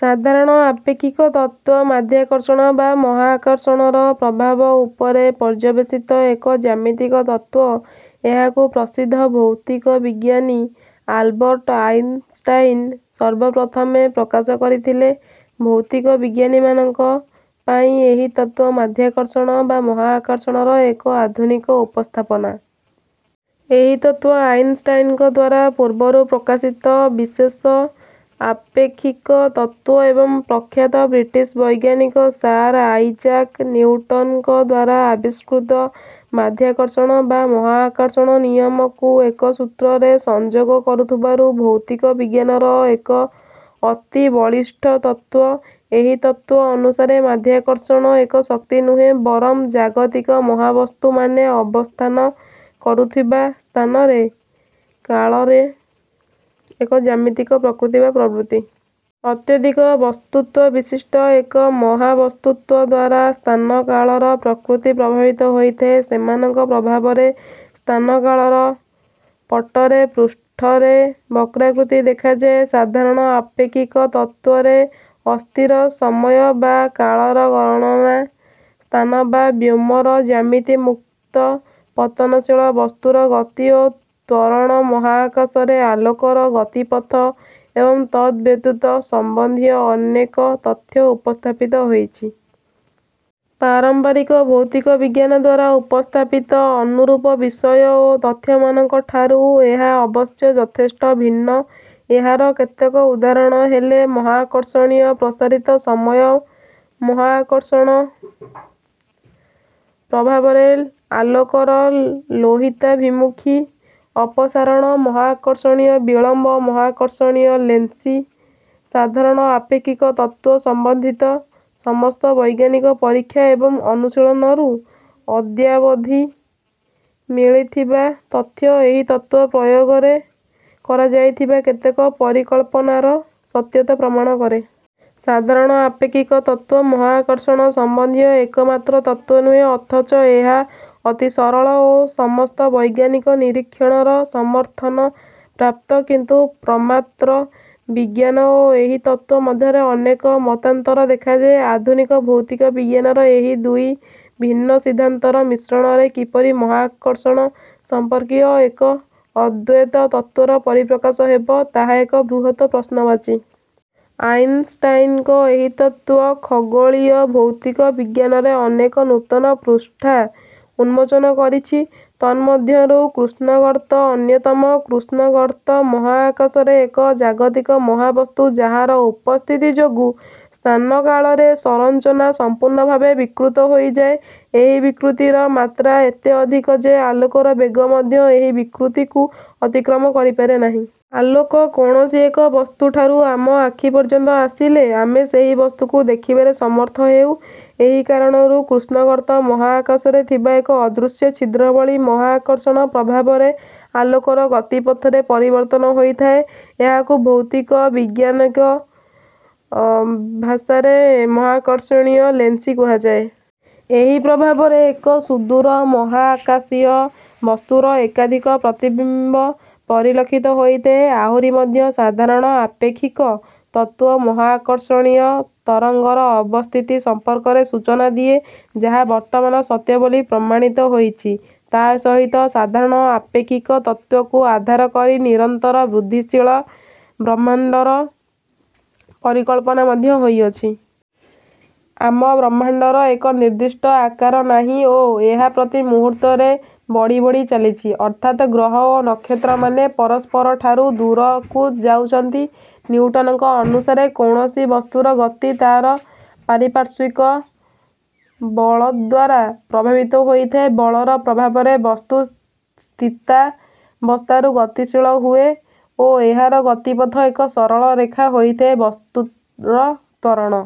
ସାଧାରଣ ଆପେକ୍ଷିକ ତତ୍ତ୍ୱ, ମାଧ୍ୟାକର୍ଷଣ ବା ମହାକର୍ଷଣର ପ୍ରଭାବ ଉପରେ ପର୍ଯ୍ୟବେଶିତ ଏକ ଜ୍ୟାମିତିକ ତତ୍ତ୍ୱ। ଏହାକୁ ପ୍ରସିଦ୍ଧ ଭୌତିକ ବିଜ୍ଞାନୀ ଆଲବର୍ଟ୍ ଆଇନଷ୍ଟାଇନ ସର୍ବ ପ୍ରଥମେ ପ୍ରକାଶ କରିଥିଲେ। ଭୌତିକ ବିଜ୍ଞାନୀମାନଙ୍କ ପାଇଁ ଏହି ତତ୍ତ୍ୱ ମାଧ୍ୟାକର୍ଷଣ ବା ମହାକର୍ଷଣର ଏକ ଆଧୁନିକ ଉପସ୍ଥାପନା। ଏହି ତତ୍ତ୍ୱ ଆଇନଷ୍ଟାଇନଙ୍କଦ୍ୱାରା ପୂର୍ବରୁ ପ୍ରକାଶିତ ବିଶେଷ ଆପେକ୍ଷିକ ତତ୍ତ୍ୱ ଏବଂ ପ୍ରଖ୍ୟାତ ବ୍ରିଟିଶ୍ ବୈଜ୍ଞାନିକ ସାର୍ ଆଇଜାକ୍ ନିଉଟନଙ୍କଦ୍ୱାରା ଆବିଷ୍କୃତ ମାଧ୍ୟାକର୍ଷଣ ବା ମହାକର୍ଷଣ ନିୟମକୁ ଏକସୂତ୍ରରେ ସଂଯୋଗ କରୁଥିବାରୁ ଭୌତିକ ବିଜ୍ଞାନର ଏକ ଅତି ବଳିଷ୍ଠ ତତ୍ତ୍ୱ। ଏହି ତତ୍ତ୍ୱ ଅନୁସାରେ ମାଧ୍ୟାକର୍ଷଣ ଏକ ଶକ୍ତି ନୁହେଁ, ବରଂ ଜାଗତିକ ମହାବସ୍ତୁମାନେ ଅବସ୍ଥାନ କରୁଥିବା ସ୍ଥାନ-କାଳର ଏକ ଜ୍ୟାମିତିକ ପ୍ରକୃତି ବା ପ୍ରବୃତ୍ତି। ଅତ୍ୟଧିକ ବସ୍ତୁତ୍ୱବିଶିଷ୍ଟ ଏକ ମହାବସ୍ତୁଦ୍ୱାରା ସ୍ଥାନ-କାଳର ପ୍ରକୃତି ପ୍ରଭାବିତ ହୋଇଥାଏ। ସେମାନଙ୍କ ପ୍ରଭାବରେ ସ୍ଥାନ-କାଳର ପଟ୍ଟରେ ପୂଷ୍ଠରେ ବକ୍ରାକୃତି ଦେଖାଯାଏ। ସାଧାରଣ ଆପେକ୍ଷିକ ତତ୍ତ୍ୱରେ ଅସ୍ଥିର ସମୟ ବା କାଳର ଗଣନା, ସ୍ଥାନ ବା ବ୍ୟୋମର ଜ୍ୟାମିତି, ମୁକ୍ତ ପତନଶୀଳ ବସ୍ତୁର ଗତି ଓ ତ୍ୱରଣ, ମହାକାଶରେ ଆଲୋକର ଗତିପଥ ଏବଂ ତତ୍ ସମ୍ବନ୍ଧୀୟ ଅନେକ ତଥ୍ୟ ଉପସ୍ଥାପିତ ହୋଇଛି। ପାରମ୍ପରିକ ଭୌତିକ ବିଜ୍ଞାନଦ୍ୱାରା ଉପସ୍ଥାପିତ ଅନୁରୂପ ବିଷୟ ଓ ତଥ୍ୟମାନଙ୍କ ଠାରୁ ଏହା ଅବଶ୍ୟ ଯଥେଷ୍ଟ ଭିନ୍ନ। ଏହାର କେତେକ ଉଦାହରଣ ହେଲେ ମହାକର୍ଷଣୀୟ ପ୍ରସାରିତ ସମୟ, ମହାକର୍ଷଣ ପ୍ରଭାବରେ ଆଲୋକର ଲୋହିତାଭିମୁଖୀ ଅପସାରଣ, ମହାକର୍ଷଣୀୟ ବିଳମ୍ବ, ମହାକର୍ଷଣୀୟ ଲେନ୍ସିଂ। ସାଧାରଣ ଆପେକ୍ଷିକ ତତ୍ତ୍ୱ ସମ୍ବନ୍ଧିତ ସମସ୍ତ ବୈଜ୍ଞାନିକ ପରୀକ୍ଷା ଏବଂ ଅନୁଶୀଳନରୁ ଅଦ୍ୟାବଧି ମିଳିଥିବା ତଥ୍ୟ, ଏହି ତତ୍ତ୍ୱ ପ୍ରୟୋଗରେ କରାଯାଇଥିବା କେତେକ ପରିକଳ୍ପନାର ସତ୍ୟତା ପ୍ରମାଣ କରେ। ସାଧାରଣ ଆପେକ୍ଷିକ ତତ୍ତ୍ୱ ମହାକର୍ଷଣ ସମ୍ବନ୍ଧୀୟ ଏକମାତ୍ର ତତ୍ତ୍ୱ ନୁହେଁ ଅଥଚ ଏହା ଅତି ସରଳ ଓ ସମସ୍ତ ବୈଜ୍ଞାନିକ ନିରୀକ୍ଷଣର ସମର୍ଥନପ୍ରାପ୍ତ। କିନ୍ତୁ ପ୍ରମାତ୍ର ବିଜ୍ଞାନ ଓ ଏହି ତତ୍ତ୍ୱ ମଧ୍ୟରେ ଅନେକ ମତାନ୍ତର ଦେଖାଯାଏ। ଆଧୁନିକ ଭୌତିକ ବିଜ୍ଞାନର ଏହି ଦୁଇ ଭିନ୍ନ ସିଦ୍ଧାନ୍ତର ମିଶ୍ରଣରେ କିପରି ମହାକର୍ଷଣ ସମ୍ପର୍କୀୟ ଏକ ଓ ଅଦ୍ୱୈତ ତତ୍ତ୍ୱର ପରିପ୍ରକାଶ ହେବ, ତାହା ଏକ ବୃହତ୍ ପ୍ରଶ୍ନବାଚୀ। ଆଇନଷ୍ଟାଇନଙ୍କ ଏହି ତତ୍ତ୍ୱ ଖଗୋଳୀୟ ଭୌତିକ ବିଜ୍ଞାନରେ ଅନେକ ନୂତନ ପୃଷ୍ଠା ଉନ୍ମୋଚନ କରିଛି। ତନ୍ମଧ୍ୟରୁ କୃଷ୍ଣଗର୍ତ୍ତ ଅନ୍ୟତମ। କୃଷ୍ଣଗର୍ତ୍ତ ମହାକାଶର ଏକ ଜାଗତିକ ମହାବସ୍ତୁ, ଯାହାର ଉପସ୍ଥିତି ଯୋଗୁଁ ସ୍ଥାନ-କାଳରେ ସଂରଚନା ସମ୍ପୂର୍ଣଭାବେ ବିକୃତ ହୋଇଯାଏ। ଏହି ବିକୃତିର ମାତ୍ରା ଏତେ ଅଧିକ ଯେ, ଆଲୋକର ବେଗ ମଧ୍ୟ ଏହି ବିକୃତି କୁ ଅତିକ୍ରମ କରିପାରେ ନାହିଁ। ଆଲୋକ କୌଣସି ଏକ ବସ୍ତୁଠାରୁ ଆମ ଆଖି ପର୍ଯ୍ୟନ୍ତ ଆସିଲେ ଆମେ ସେହି ବସ୍ତୁକୁ ଦେଖିବାରେ ସମର୍ଥ ହେଉ। ଏହି କାରଣରୁ କୃଷ୍ଣଗର୍ତ୍ତ ମହାକାଶରେ ଥିବା ଏକ ଅଦୃଶ୍ୟ ଛିଦ୍ର ଭଳି। ମହାକର୍ଷଣ ପ୍ରଭାବରେ ଆଲୋକର ଗତିପଥରେ ପରିବର୍ତ୍ତନ ହୋଇଥାଏ। ଏହାକୁ ଭୌତିକ ବିଜ୍ଞାନିକ ଭାଷାରେ ମହାକର୍ଷଣୀୟ ଲେନ୍ସିଂ କୁହାଯାଏ। ଏହି ପ୍ରଭାବରେ ଏକ ସୁଦୂର ମହାକାଶୀୟ ବସ୍ତୁର ଏକାଧିକ ପ୍ରତିବିମ୍ବ ପରିଲକ୍ଷିତ ହୋଇଥାଏ। ଆହୁରି ମଧ୍ୟ, ସାଧାରଣ ଆପେକ୍ଷିକ ତତ୍ତ୍ୱ, ମହାକର୍ଷଣୀୟ ତରଙ୍ଗର ଅବସ୍ଥିତି ସମ୍ପର୍କରେ ସୂଚନା ଦିଏ ଯାହା ବର୍ତ୍ତମାନ ସତ୍ୟ ବୋଲି ପ୍ରମାଣିତ ହୋଇଛି। ତା' ସହିତ, ସାଧାରଣ ଆପେକ୍ଷିକ ତତ୍ତ୍ୱକୁ ଆଧାର କରି ନିରନ୍ତର ବୃଦ୍ଧିଶୀଳ ବ୍ରହ୍ମାଂଣ୍ଡର ପରିକଳ୍ପନା ମଧ୍ୟ ହୋଇଅଛି। ଆମ ବ୍ରହ୍ମାଣ୍ଡର ଏକ ନିର୍ଦ୍ଦିଷ୍ଟ ଆକାର ନାହିଁ ଓ ଏହା ପ୍ରତି ମୁହୂର୍ତ୍ତରେ ବଢି ବଢି ଚାଲିଛି। ଅର୍ଥାତ୍ ଗ୍ରହ ଓ ନକ୍ଷତ୍ର ମାନେ ପରସ୍ପରଠାରୁ ଦୂରକୁ ଯାଉଛନ୍ତି। ନିଉଟନଙ୍କ ଅନୁସାରେ କୌଣସି ବସ୍ତୁର ଗତି ତା'ର ପାରିପାର୍ଶ୍ୱିକ ବଳଦ୍ୱାରା ପ୍ରଭାବିତ ହୋଇଥାଏ। ବଳର ପ୍ରଭାବରେ ବସ୍ତୁ ସ୍ଥିତାବସ୍ଥାରୁ ଗତିଶୀଳ ହୁଏ ଓ ଏହାର ଗତିପଥ ଏକ ସରଳରେଖା ହୋଇଥାଏ। ବସ୍ତୁର ତ୍ୱରଣ